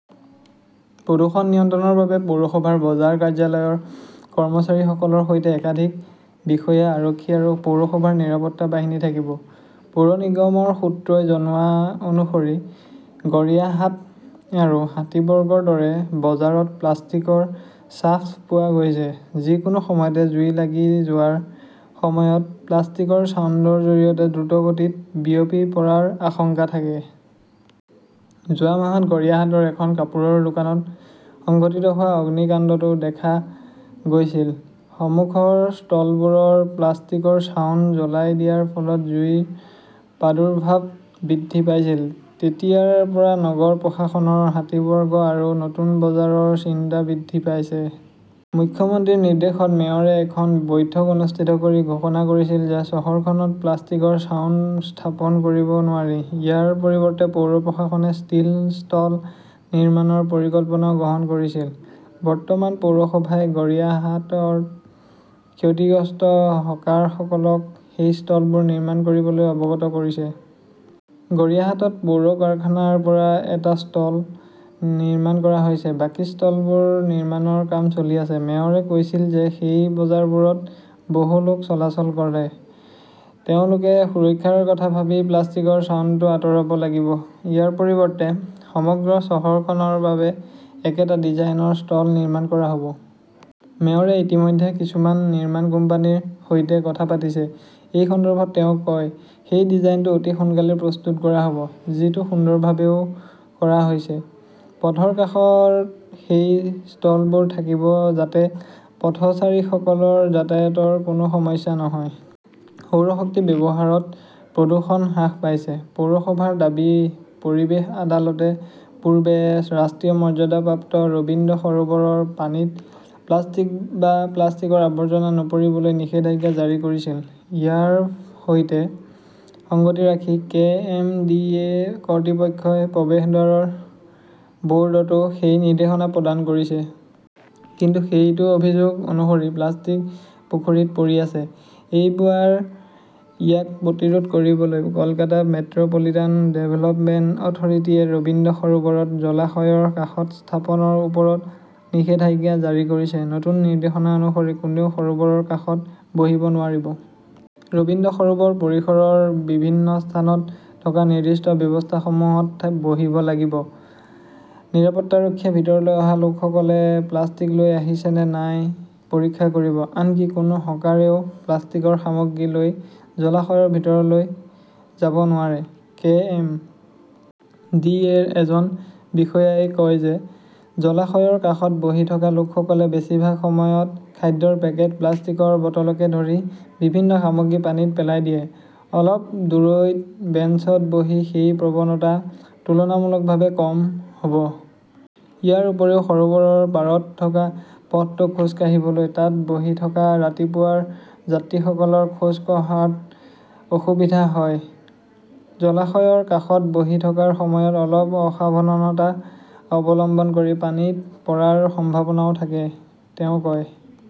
প্ৰদুষন নিয়ন্ত্ৰণ ৰ বাবে পৌৰসভাৰ বজাৰ কাৰ্যালয়ৰ কৰ্মচাৰীসকলৰ সৈতে একাধিক বিষয়া, আৰক্ষী আৰু পৌৰসভাৰ নিৰাপত্তা বাহিনী থাকিব। পৌৰ নিগমৰ সূত্ৰই জনোৱা অনুসৰি গড়িয়াহাট আৰু হাতীবৰ্গৰ দৰে বজাৰত প্লাষ্টিকৰ ছাফ্ট পোৱা গৈছে। যিকোনো সময়তে জুই লাগি যোৱাৰ সময়ত প্লাষ্টিকৰ ছাউণ্ডৰ জৰিয়তে দ্ৰুতগতিত বিয়পি পৰাৰ আশংকা থাকে। যোৱা মাহত গড়িয়াহাটৰ এখন কাপোৰৰ দোকানত সংঘটিত হোৱা অগ্নিকাণ্ডতো দেখা গৈছিল, সন্মুখৰ ষ্টলবোৰৰ প্লাষ্টিকৰ ছাউণ্ড জ্বলাই দিয়াৰ ফলত জুইৰ প্ৰাদুৰ্ভাৱ বৃদ্ধি পাইছিল। তেতিয়াৰ পৰা নগৰ প্ৰশাসনৰ হাতীবৰ্গ আৰু নতুন বজাৰৰ চিন্তা বৃদ্ধি পাইছে। মুখ্যমন্ত্ৰীৰ নিৰ্দেশত মেয়ৰে এখন বৈঠক অনুষ্ঠিত কৰি ঘোষণা কৰিছিল যে চহৰখনত প্লাষ্টিকৰ ছাউণ্ড স্থাপন কৰিব নোৱাৰি। ইয়াৰ পৰিৱৰ্তে পৌৰ প্ৰশাসনে ষ্টীল ষ্টল নিৰ্মাণৰ পৰিকল্পনাও গ্ৰহণ কৰিছিল। বৰ্তমান, পৌৰসভাই গৰিয়াহাটত ক্ষতিগ্ৰস্ত হকাৰসকলক সেই ষ্টলবোৰ নিৰ্মাণ কৰিবলৈ অৱগত কৰিছে। গড়িয়াহাটত পৌৰ কাৰখানাৰ পৰা এটা ষ্টল নিৰ্মাণ কৰা হৈছে। বাকী ষ্টলবোৰ নিৰ্মাণৰ কাম চলি আছে। মেয়ৰে কৈছিল যে সেই বজাৰবোৰত বহু লোক চলাচল কৰে। তেওঁলোকে সুৰক্ষাৰ কথা ভাবি প্লাষ্টিকৰ ছাউণ্ডটো আঁতৰাব লাগিব। ইয়াৰ পৰিৱৰ্তে সমগ্ৰ চহৰখনৰ বাবে একেটা ডিজাইনৰ ষ্টল নিৰ্মাণ কৰা হ'ব। মেয়ৰে ইতিমধ্যে কিছুমান নিৰ্মাণ কোম্পানীৰ সৈতে কথা পাতিছে। এই সন্দৰ্ভত তেওঁ কয়, "সেই ডিজাইনটো অতি সোনকালেই প্ৰস্তুত কৰা হ'ব। যিটো সুন্দৰভাৱেও কৰা হৈছে। পথৰ কাষত সেই ষ্টলবোৰ থাকিব যাতে পথচাৰীসকলৰ যাতায়াতৰ কোনো সমস্যা নহয়। সৌৰ শক্তি ব্যৱহাৰত প্ৰদূষণ হ্ৰাস পাইছে, পৌৰসভাৰ দাবী পৰিৱেশ আদালতে পূৰ্বে ৰাষ্ট্ৰীয় মৰ্যাদাপ্ৰাপ্ত ৰবীন্দ্ৰ সৰোবৰৰ পানীত প্লাষ্টিক বা প্লাষ্টিকৰ আৱৰ্জনা নপৰিবলৈ নিষেধাজ্ঞা জাৰি কৰিছিল। ইয়াৰ সৈতে সংগতি ৰাখি, কে. এম. ডি. এ. কৰ্তৃপক্ষই প্ৰৱেশদ্বাৰৰ বোৰ্ডতো সেই নিৰ্দেশনা প্ৰদান কৰিছে। কিন্তু সেইটো অভিযোগ অনুসৰি প্লাষ্টিক পুখুৰীত পৰি আছে। এইবাৰ ইয়াক প্ৰতিৰোধ কৰিবলৈ কলকাতা মেট্ৰ 'পলিটান ডেভেলপমেণ্ট অথৰিটিয়ে ৰবীন্দ্ৰ সৰোবৰত জলাশয়ৰ কাষত স্থাপনৰ ওপৰত নিষেধাজ্ঞা জাৰি কৰিছে। নতুন নিৰ্দেশনা অনুসৰি, কোনেও সৰোবৰৰ কাষত বহিব নোৱাৰিব। ৰবীন্দ্ৰ সৰোবৰ পৰিসৰৰ বিভিন্ন স্থানত থকা নিৰ্দিষ্ট ব্যৱস্থাসমূহত বহিব লাগিব। নিৰাপত্তাৰক্ষীয়ে ভিতৰলৈ অহা লোকসকলে প্লাষ্টিক লৈ আহিছে নে নাই পৰীক্ষা কৰিব। আনকি কোনো হকাৰেও প্লাষ্টিকৰ সামগ্ৰী লৈ জলাশয়ৰ ভিতৰলৈ যাব নোৱাৰে। কে. এম. ডি. এ. -ৰ এজন বিষয়াই কয় যে, জলাশয়ৰ কাষত বহি থকা লোকসকলে বেছিভাগ সময়ত খাদ্যৰ পেকেট, প্লাষ্টিকৰ বটলকে ধৰি বিভিন্ন সামগ্ৰী পানীত পেলাই দিয়ে। অলপ দূৰৈত বেঞ্চত বহি সেই প্ৰৱণতা তুলনামূলকভাৱে কম হ 'ব। ইয়াৰ উপৰিও, সৰোবৰৰ পাৰত থকা পথটো খোজ কাঢ়িবলৈ। তাত বহি থকা ৰাতিপুৱাৰ যাত্ৰীসকলৰ খোজ কাঢ়াত অসুবিধা হয়। জলাশয়ৰ কাষত বহি থকাৰ সময়ত অলপ অসাৱধানতা অৱলম্বন কৰি পানীত পৰাৰ সম্ভাৱনাও থাকে, তেওঁ কয়।